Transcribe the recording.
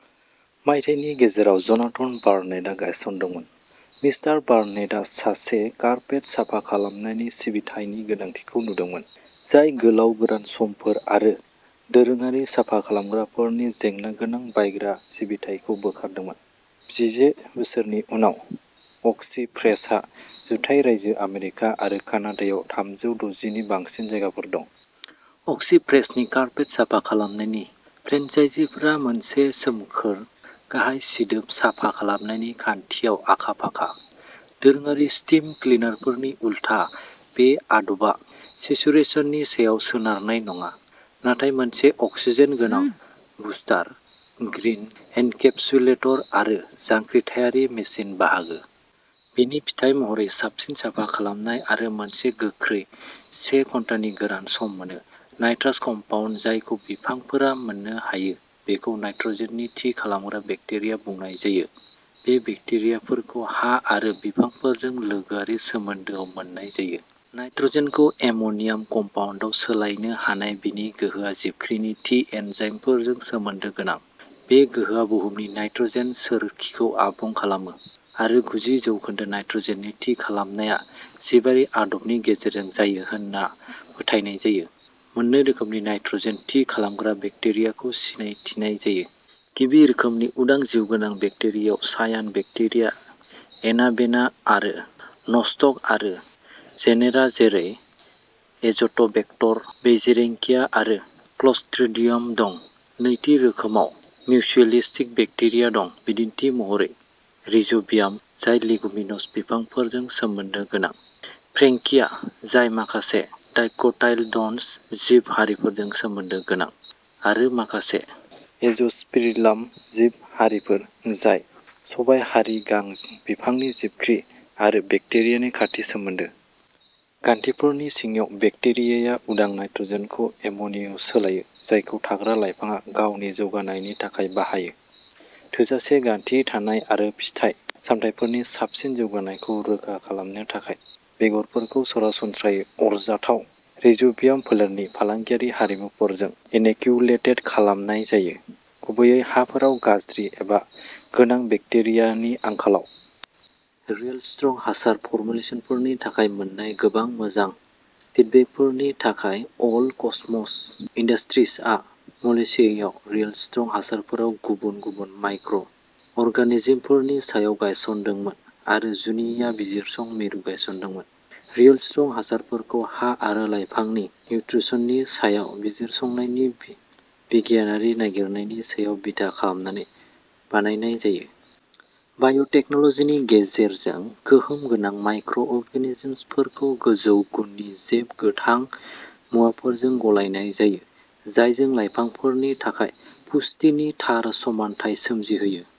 मायथाइनि गेजेराव जनाथन बार्नेटआ गायसनदोंमोन। मिस्टार बार्नेटआ सासे कारपेट साफा खालामनायनि सिबिथायनि गोनांथिखौ नुदोंमोन, जाय गोलाव गोरान समफोर आरो दोरोङारि साफा खालामग्राफोरनि जेंनागोनां बायग्रा सिबिथाइखौ बोखारदोंमोन। जिसे बोसोरनि उनाव, अक्सी फ्रेशहा जुथाइ रायजो आमेरिका आरो कानाडायाव थामजौ द'जिनि बांसिन जायगाफोर दं। अक्सी फ्रेशनि कारपेट साफा खालामनायनि फ्रेन्चाइजीफोरा मोनसे सोमखोर, गाहाय सिदोब साफा खालामनाय खान्थियाव आखा फाखा। दोरोङारि स्टीम क्लिनारफोरनि उलथा, बे आदबा सेचुरेशननि सायाव सोनारनाय नङा, नाथाय मोनसे अक्सिजेन गोनां बुस्टार, ग्रीन एनकैपसुलेटर आरो जांख्रिथायारि मेसिन बाहागो। बेनि फिथाय महरै साबसिन साफा खालामनाय आरो मोनसे गोख्रै, से घन्टानि गोरान सम मोनो। नाइट्रस कम्पाउन्ड जायखौ बिफांफोरा मोननो हायो बेखौ नाइट्रजेन थि खालामग्रा बेक्टेरिया बुंनाय जायो। बे बेक्टेरियाफोरखौ हा आरो बिफांफोरजों लोगोआरि सोमोन्दोआव मोन्नाय जायो। नाइट्रजेनखौ एम'नियाम कम्पाउन्डआव सोलायनो हानाय बेनि गोहोआ जिबख्रिनि थि एन्जाइमफोरजों सोमोन्दो गोनां। बे गोहोआ बुहुमनि नाइट्रजेन सोरखिखौ आबुं खालामो आरो गुजि जौखोन्दो नाइट्रजेन थि खालामनाया जिबारि आदबनि गेजेरजों जायो होन्ना फोथायनाय जायो। मोननै रोखोमनि नाइट्रजेन थि खालामग्रा बेक्टेरियाखौ सिनायथिनाय जायो। गिबि रोखोमनि उदां जिउगोनां बेक्टेरियायाव सायान बेक्टेरिया एनाबेना आरो न'स्टक आरो जेनेरा जेरै एज'ट'बेक्टर, बेइजेरिंकिया आरो क्लस्ट्रिडियम दं। नैथि रोखोमाव मिउचुएलिस्टिक बेक्टेरिया दं; बिदिन्थि महरै रिज'बियाम, जाय लेगुमिनस बिफांफोरजों सोमोन्दो गोनां; फ्रेंकिया, जाय माखासे डायकोटाइलडनस जिब हारिफोरजों सोमोन्दो गोनां; आरो माखासे एज'स्पिरिलाम जिब हारिफोर, जाय सबायहारि गां बिफांनि जिबख्रि आरो बेक्टेरियानि खाथि सोमोन्दो। गान्थिफोरनि सिङाव बेक्टेरियाया उदां नाइट्रजेनखौ एमोनियायाव सोलायो, जायखौ थाग्रा लाइफांआ गावनि जौगानायनि थाखाय बाहायो। थोजासे गान्थि दानाय आरो फिथाइ सामथाइफोरनि साबसिन जौगानायखौ रोखा खालामनो थाखाय, बेगरफोरखौ सरासनस्रायै आरजाथाव रिज'बियाम फोलेरनि फालांगियारि हारिमुफोरजों इन'क्युलेटेड खालामनाय जायो, गुबैयै हाफोराव गाज्रि एबा गोनां बेक्टेरियानि आंखालाव। रियेलस्ट्रं हासार फरमुलेसनफोरनि थाखाय मोन्नाय गोबां मोजां फिडबेकफोरनि थाखाय, अल कसमस इन्डास्ट्रिजआ मलेशियायाव रियेलस्ट्रं हासारफोराव गुबुन गुबुन माइक्र' अरगानिजमफोरनि सायाव गायसनदोंमोन आरो जुनिया बिजिरसं मिरु गायसनदोंमोन। रियेलस्ट्रं हासारफोरखौ हा आरो लाइफांनि निउत्रिसननि सायाव बिजिरसंनायनि बिगियानारि नागिरनायनि सायाव बिथा खालामनानै बानायनाय जायो। बाय'टेक्न'लजिनि गेजेरजों, गोहोम गोनां माइक्र'अरगानिजमफोरखौ गोजौ गुननि जैब गोथां मुवाफोरजों गलायनाय जायो, जायजों लाइफांफोरनि थाखाय पुष्टिनि थार समानथाय सोमजिहोयो।